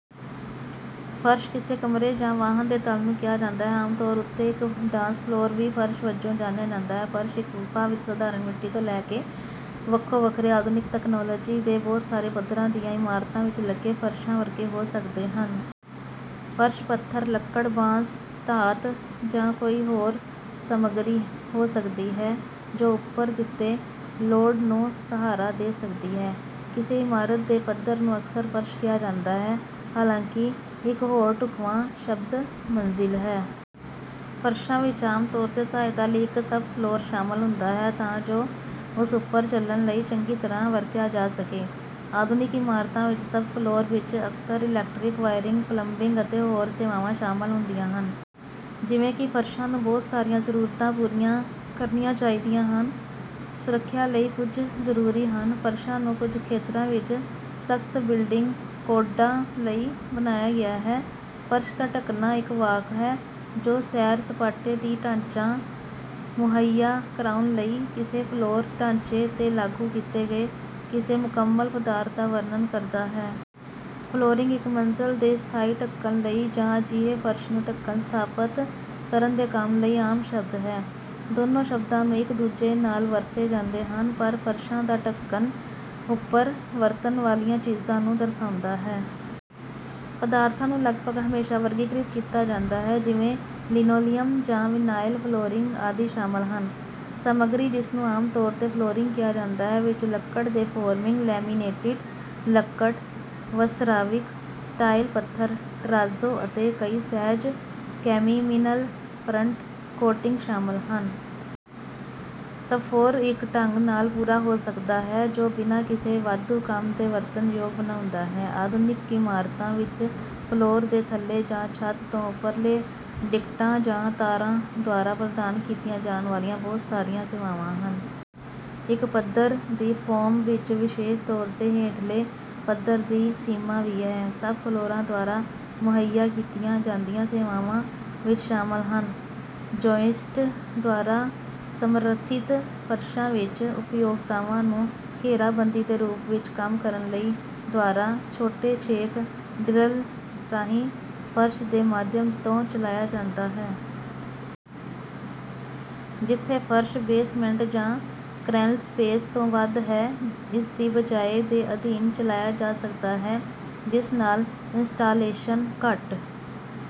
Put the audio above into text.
ਫ਼ਰਸ਼ ਕਿਸੇ ਕਮਰੇ ਜਾਂ ਵਾਹਨ ਦੇ ਤਲ ਨੂੰ ਕਿਹਾ ਜਾਂਦਾ ਹੈ। ਆਮ ਤੌਰ ਉੱਤੇ ਇੱਕ ਡਾਂਸ ਫਲੋਰ ਵੀ ਫ਼ਰਸ਼ ਵਜੋਂ ਜਾਣਿਆ ਜਾਂਦਾ ਹੈ। ਫ਼ਰਸ਼ ਇੱਕ ਗੁਫਾ ਵਿੱਚ ਸਾਧਾਰਨ ਮਿੱਟੀ ਤੋਂ ਲੈ ਕੇ ਵੱਖੋ ਵੱਖਰੇ ਆਧੁਨਿਕ ਤਕਨਾਲੋਜੀ ਦੇ ਬਹੁਤ ਸਾਰੇ ਪੱਧਰਾਂ ਦੀਆਂ ਇਮਾਰਤਾਂ ਵਿੱਚ ਲੱਗੇ ਫ਼ਰਸ਼ਾਂ ਵਰਗੇ ਹੋ ਸਕਦੇ ਹਨ। ਫ਼ਰਸ਼ ਪੱਥਰ ਲੱਕੜ ਬਾਂਸ ਧਾਤ ਜਾਂ ਕੋਈ ਹੋਰ ਸਾਮੱਗਰੀ ਹੋ ਸਕਦੀ ਹੈ ਜੋ ਉੱਪਰ ਦਿੱਤੇ ਲੋਡ ਨੂੰ ਸਹਾਰਾ ਦੇ ਸਕਦੀ ਹੈ। ਕਿਸੇ ਇਮਾਰਤ ਦੇ ਪੱਧਰ ਨੂੰ ਅਕਸਰ ਫ਼ਰਸ਼ ਕਿਹਾ ਜਾਂਦਾ ਹੈ ਹਾਲਾਂਕਿ ਇੱਕ ਹੋਰ ਢੁੱਕਵਾਂ ਸ਼ਬਦ ਮੰਜ਼ਿਲ ਹੈ। ਫ਼ਰਸ਼ਾਂ ਵਿੱਚ ਆਮ ਤੌਰ ਤੇ ਸਹਾਇਤਾ ਲਈ ਇੱਕ ਸਬਫਲੋਰ ਸ਼ਾਮਲ ਹੁੰਦਾ ਹੈ ਤਾਂ ਜੋ ਉਸ ਉੱਪਰ ਚਲਣ ਲਈ ਚੰਗੀ ਤਰਾਂ ਵਰਤਿਆ ਜਾ ਸਕੇ। ਆਧੁਨਿਕ ਇਮਾਰਤਾਂ ਵਿੱਚ ਸਬਫਲੋਰ ਵਿੱਚ ਅਕਸਰ ਇਲੈਕਟ੍ਰਿਕ ਵਾਇਰਿੰਗ ਪਲੰਬਿੰਗ ਅਤੇ ਹੋਰ ਸੇਵਾਵਾਂ ਸ਼ਾਮਲ ਹੁੰਦੀਆਂ ਹਨ। ਜਿਵੇਂ ਕਿ ਫ਼ਰਸ਼ਾਂ ਨੂੰ ਬਹੁਤ ਸਾਰੀਆਂ ਜ਼ਰੂਰਤਾਂ ਪੂਰੀਆਂ ਕਰਨੀਆਂ ਚਾਹੀਦੀਆਂ ਹਨ ਸੁਰੱਖਿਆ ਲਈ ਕੁਝ ਜਰੂਰੀ ਹਨ ਫ਼ਰਸ਼ਾਂ ਨੂੰ ਕੁਝ ਖੇਤਰਾਂ ਵਿੱਚ ਸਖ਼ਤ ਬਿਲਡਿੰਗ ਕੋਡਾਂ ਲਈ ਬਣਾਇਆ ਗਿਆ ਹੈ। ਫ਼ਰਸ਼ ਦਾ ਢੱਕਣਾ ਇੱਕ ਵਾਕ ਹੈ ਜੋ ਸੈਰ ਸਪਾਟੇ ਦੀ ਢਾਂਚਾ ਮੁਹੱਈਆ ਕਰਾਉਣ ਲਈ ਕਿਸੇ ਫਲੋਰ ਢਾਂਚੇ ਤੇ ਲਾਗੂ ਕੀਤੇ ਗਏ ਕਿਸੇ ਮੁਕੰਮਲ ਪਦਾਰਥ ਦਾ ਵਰਣਨ ਕਰਦਾ ਹੈ। ਫਲੋਰਿੰਗ ਇੱਕ ਮੰਜ਼ਲ ਦੇ ਸਥਾਈ ਢੱਕਣ ਲਈ ਜਾਂ ਅਜਿਹੇ ਫ਼ਰਸ਼ ਨੂੰ ਢੱਕਣ ਸਥਾਪਤ ਕਰਨ ਦੇ ਕੰਮ ਲਈ ਆਮ ਸ਼ਬਦ ਹੈ। ਦੋਨੋ ਸ਼ਬਦਾਂ ਨੂੰ ਇੱਕ ਦੂਜੇ ਨਾਲ ਵਰਤੇ ਜਾਂਦੇ ਹਨ ਪਰ ਫ਼ਰਸ਼ਾਂ ਦਾ ਢੱਕਣ ਉੱਪਰ ਵਰਤਣ ਵਾਲੀਆਂ ਚੀਜ਼ਾਂ ਨੂੰ ਦਰਸਾਉਂਦਾ ਹੈ। ਪਦਾਰਥਾਂ ਨੂੰ ਲਗਭਗ ਹਮੇਸ਼ਾ ਵਰਗੀਕ੍ਰਿਤ ਕੀਤਾ ਜਾਂਦਾ ਹੈ ਜਿਵੇਂ ਲਿਨੋਲੀਅਮ ਜਾਂ ਵਿਨਾਇਲ ਫਲੋਰਿੰਗ ਆਦਿ ਸ਼ਾਮਲ ਹਨ। ਸਾਮੱਗਰੀ ਜਿਸਨੂੰ ਆਮ ਤੌਰ ਤੇ ਫਲੋਰਿੰਗ ਕਿਹਾ ਜਾਂਦਾ ਹੈ ਵਿੱਚ ਲੱਕੜ ਦੇ ਫੋਰਮਿੰਗ ਲੈਮੀਨੇਟਿਡ ਲੱਕੜ ਵਸਰਾਵਿਕ ਟਾਇਲ ਪੱਥਰ ਟਰਾਜ਼ੋ ਅਤੇ ਕਈ ਸਹਿਜ ਕੈਮੀਮਿਨਲ ਫਰੰਟ ਕੋਟਿੰਗ ਸ਼ਾਮਲ ਹਨ। ਸਬਫੋਰਰ ਇੱਕ ਢੰਗ ਨਾਲ ਪੂਰਾ ਹੋ ਸਕਦਾ ਹੈ ਜੋ ਬਿਨਾਂ ਕਿਸੇ ਵਾਧੂ ਕੰਮ ਦੇ ਵਰਤਣ ਯੋਗ ਬਣਾਉਂਦਾ ਹੈ। ਆਧੁਨਿਕ ਇਮਾਰਤਾਂ ਵਿੱਚ ਫਲੋਰ ਦੇ ਥੱਲੇ ਜਾਂ ਛੱਤ ਤੋਂ ਉੱਪਰਲੇ ਡਿਕਟਾਂ ਜਾਂ ਤਾਰਾਂ ਦੁਆਰਾ ਪ੍ਰਦਾਨ ਕੀਤੀਆਂ ਜਾਣ ਵਾਲੀਆਂ ਬਹੁਤ ਸਾਰੀਆਂ ਸੇਵਾਵਾਂ ਹਨ। ਇੱਕ ਪੱਧਰ ਦੀ ਫੋਰਮ ਵਿੱਚ ਵਿਸ਼ੇਸ਼ ਤੌਰ ਤੇ ਹੇਠਲੇ ਪੱਧਰ ਦੀ ਸੀਮਾ ਵੀ ਹੈ। ਸਬ ਫਲੋਰਾਂ ਦੁਆਰਾ ਮੁਹੱਈਆ ਕੀਤੀਆਂ ਜਾਂਦੀਆਂ ਸੇਵਾਵਾਂ ਵਿੱਚ ਸ਼ਾਮਲ ਹਨ ਜੌਈਸਟ ਦੁਆਰਾ ਸਮਰਥਿਤ ਫ਼ਰਸ਼ਾਂ ਵਿੱਚ ਉਪਯੋਗਤਾਵਾਂ ਨੂੰ ਘੇਰਾਬੰਦੀ ਦੇ ਰੂਪ ਵਿੱਚ ਕੰਮ ਕਰਨ ਲਈ ਦੁਆਰਾ ਛੋਟੇ ਛੇਕ ਡਿਰਲ ਰਾਹੀਂ ਫ਼ਰਸ਼ ਦੇ ਮਾਧਿਅਮ ਤੋਂ ਚਲਾਇਆ ਜਾਂਦਾ ਹੈ। ਜਿੱਥੇ ਫ਼ਰਸ਼ ਬੇਸਮੈਂਟ ਜਾਂ ਕ੍ਰੈੱਲਸਪੇਸ ਤੋਂ ਵੱਧ ਹੈ ਇਸ ਦੀ ਬਜਾਏ ਦੇ ਅਧੀਨ ਚਲਾਇਆ ਜਾ ਸਕਦਾ ਹੈ ਜਿਸ ਨਾਲ ਇੰਸਟਾਲੇਸ਼ਨ ਘੱਟ